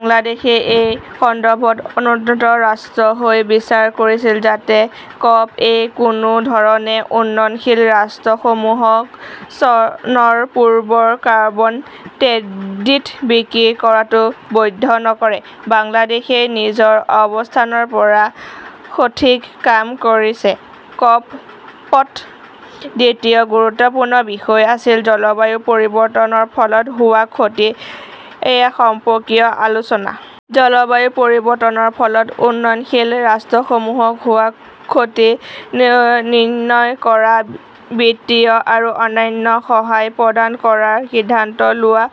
বাংলাদেশে এই সন্দৰ্ভত অনুন্নত ৰাষ্ট্ৰৰ হৈ বিচাৰ কৰিছিল যাতে কপ-এ কোনো ধৰণে উন্নয়নশীল ৰাষ্ট্ৰসমূহক চনৰ পূৰ্বৰ কাৰ্বন ক্ৰেডিট বিক্ৰী কৰাটো বৈধ নকৰে। বাংলাদেশই নিজৰ অৱস্থানৰ পৰা সঠিক কাম কৰিছে। ক 'প -ত দ্বিতীয় গুৰুত্বপূৰ্ণ বিষয় আছিল জলবায়ু পৰিৱৰ্তনৰ ফলত হোৱা ক্ষতি সম্পৰ্কীয় আলোচনা। জলবায়ু পৰিৱৰ্তনৰ ফলত উন্নয়নশীল ৰাষ্ট্ৰসমূহক হোৱা ক্ষতি নিৰ্ণয় কৰা, বিত্তীয় আৰু অন্যান্য সহায় প্ৰদান কৰাৰ সিদ্ধান্ত লোৱা।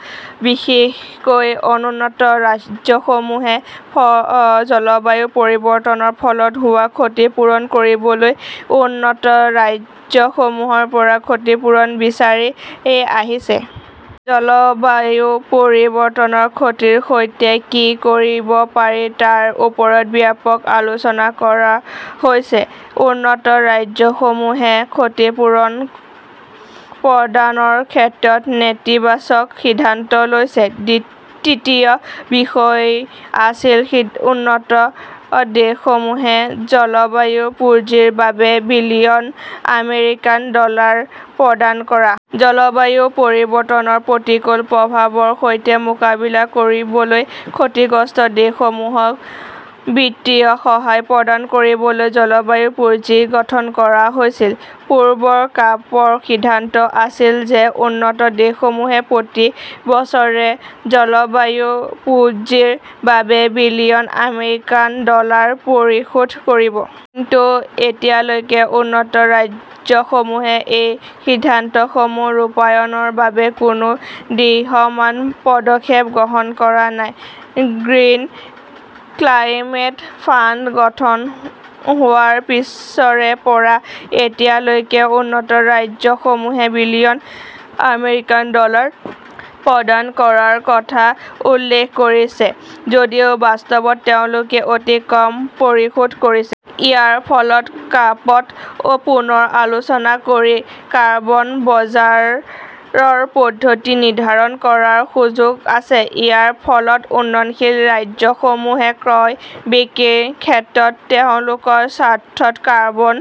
বিশেষকৈ অনুন্নত ৰাজ্যসমূহে জলবায়ু পৰিৱৰ্তনৰ ফলত হোৱা ক্ষতি পূৰণ কৰিবলৈ উন্নত ৰাজ্যসমূহৰ পৰা ক্ষতিপূৰণ বিচাৰি আহিছে। জলবায়ু পৰিৱৰ্তনৰ ক্ষতিৰ সৈতে কি কৰিব পাৰি তাৰ ওপৰত ব্যাপক আলোচনা কৰা হৈছে। উন্নত ৰাজ্যসমূহে ক্ষতিপূৰণ প্ৰদানৰ ক্ষেত্ৰত নেতিবাচক সিদ্ধান্ত লৈছে। তৃতীয়টো বিষয় আছিল উন্নত দেশসমূহে জলবায়ু পুঁজিৰ বাবে বিলিয়ন আমেৰিকান ডলাৰ প্ৰদান কৰা। জলবায়ু পৰিৱৰ্তনৰ প্ৰতিকূল প্ৰভাৱৰ সৈতে মোকাবিলা কৰিবলৈ ক্ষতিগ্ৰস্ত দেশসমূহক বিত্তীয় সহায় প্ৰদান কৰিবলৈ জলবায়ু পুঁজি গঠন কৰা হৈছিল। পূৰ্বৰ কাপৰ সিদ্ধান্ত আছিল যে উন্নত দেশসমূহে প্ৰতি বছৰে জলবায়ু পুঁজিৰ বাবে বিলিয়ন আমেৰিকান ডলাৰ পৰিশোধ কৰিব। কিন্তু এতিয়ালৈকে উন্নত ৰাজ্যসমূহে এই সিদ্ধান্তসমূহ ৰূপায়ণৰ বাবে কোনো দৃশ্যমান পদক্ষেপ গ্ৰহণ কৰা নাই। গ্ৰীণ ক্লাইমেট ফাণ্ড গঠন হোৱাৰ পিছৰে পৰা এতিয়ালৈকে উন্নত ৰাজ্যসমূহে বিলিয়ন আমেৰিকান ডলাৰ প্ৰদান কৰাৰ কথা উল্লেখ কৰিছে যদিও বাস্তৱত তেওঁলোকে অতি কম পৰিশোধ কৰিছে। ইয়াৰ ফলত কপ-ত পুনৰ আলোচনা কৰি কাৰ্বন বজাৰৰ পদ্ধতি নিৰ্ধাৰণ কৰাৰ সুযোগ আছে। ইয়াৰ ফলত উন্নয়নশীল ৰাজ্যসমূহে ক্ৰয়-বিক্ৰীৰ ক্ষেত্ৰত তেওঁলোকৰ স্বাৰ্থত কাৰ্বন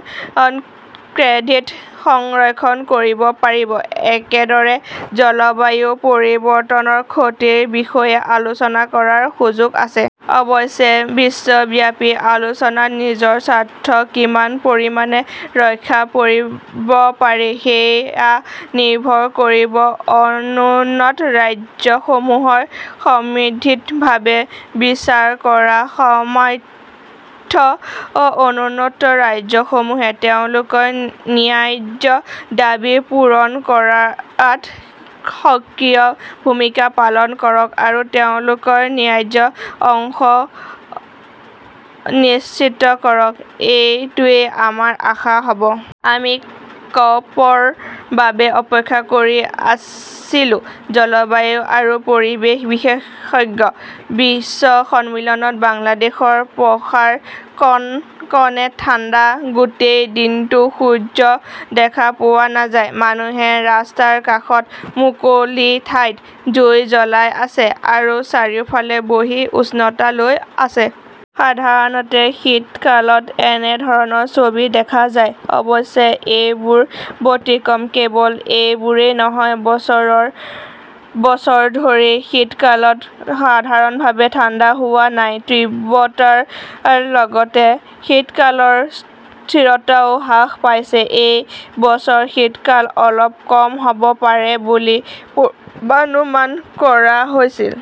ক্ৰেডিট সংৰক্ষণ কৰিব পাৰিব। একেদৰে জলবায়ু পৰিৱৰ্তনৰ ক্ষতিৰ বিষয়ে আলোচনা কৰাৰ সুযোগ আছে। অৱশ্যে, বিশ্বব্যাপী আলোচনাত নিজৰ স্বাৰ্থ কিমান পৰিমাণে ৰক্ষা কৰিব পাৰি সেয়া নিৰ্ভৰ কৰিব অনুন্নত ৰাষ্ট্ৰসমূহৰ সমন্বিতভাৱে বিচাৰ কৰাৰ সামৰ্থ্য। অনুন্নত ৰাজ্যসমূহে তেওঁলোকৰ ন্যায্য দাবী পূৰণ কৰাত সক্ৰিয় ভূমিকা পালন কৰক আৰু তেওঁলোকৰ ন্যায্য অংশ নিশ্চিত কৰক-সেইটোৱেই আমাৰ আশা হ'ব। আমি কপ- ৰ বাবে অপেক্ষা কৰি আছিলো। জলবায়ু আৰু পৰিৱেশ বিশেষজ্ঞ । বিশ্ব সন্মিলনত বাংলাদেশৰ প্ৰসাৰ কনকনে ঠাণ্ডা। গোটেই দিনটো সূৰ্য দেখা পোৱা নাযায়। মানুহে ৰাস্তাৰ কাষত, মুকলি ঠাইত জুই জ্বলাই আছে আৰু চাৰিওফালে বহি উষ্ণতা লৈ আছে। সাধাৰণতে শীতকালত এনে ধৰণৰ ছবি দেখা যায়। অৱশ্যে এইবাৰ ব্যতিক্ৰম। কেৱল এইবাৰেই নহয়, বছৰ বছৰ ধৰি শীতকালত সাধাৰণভাৱে ঠাণ্ডা হোৱা নাই। তীব্ৰতাৰ লগতে শীতকালৰ স্থিৰতাও হ্ৰাস পাইছে। এই বছৰ শীতকাল অলপ কম হ'ব পাৰে বুলি পূৰ্বানুমান কৰা হৈছিল।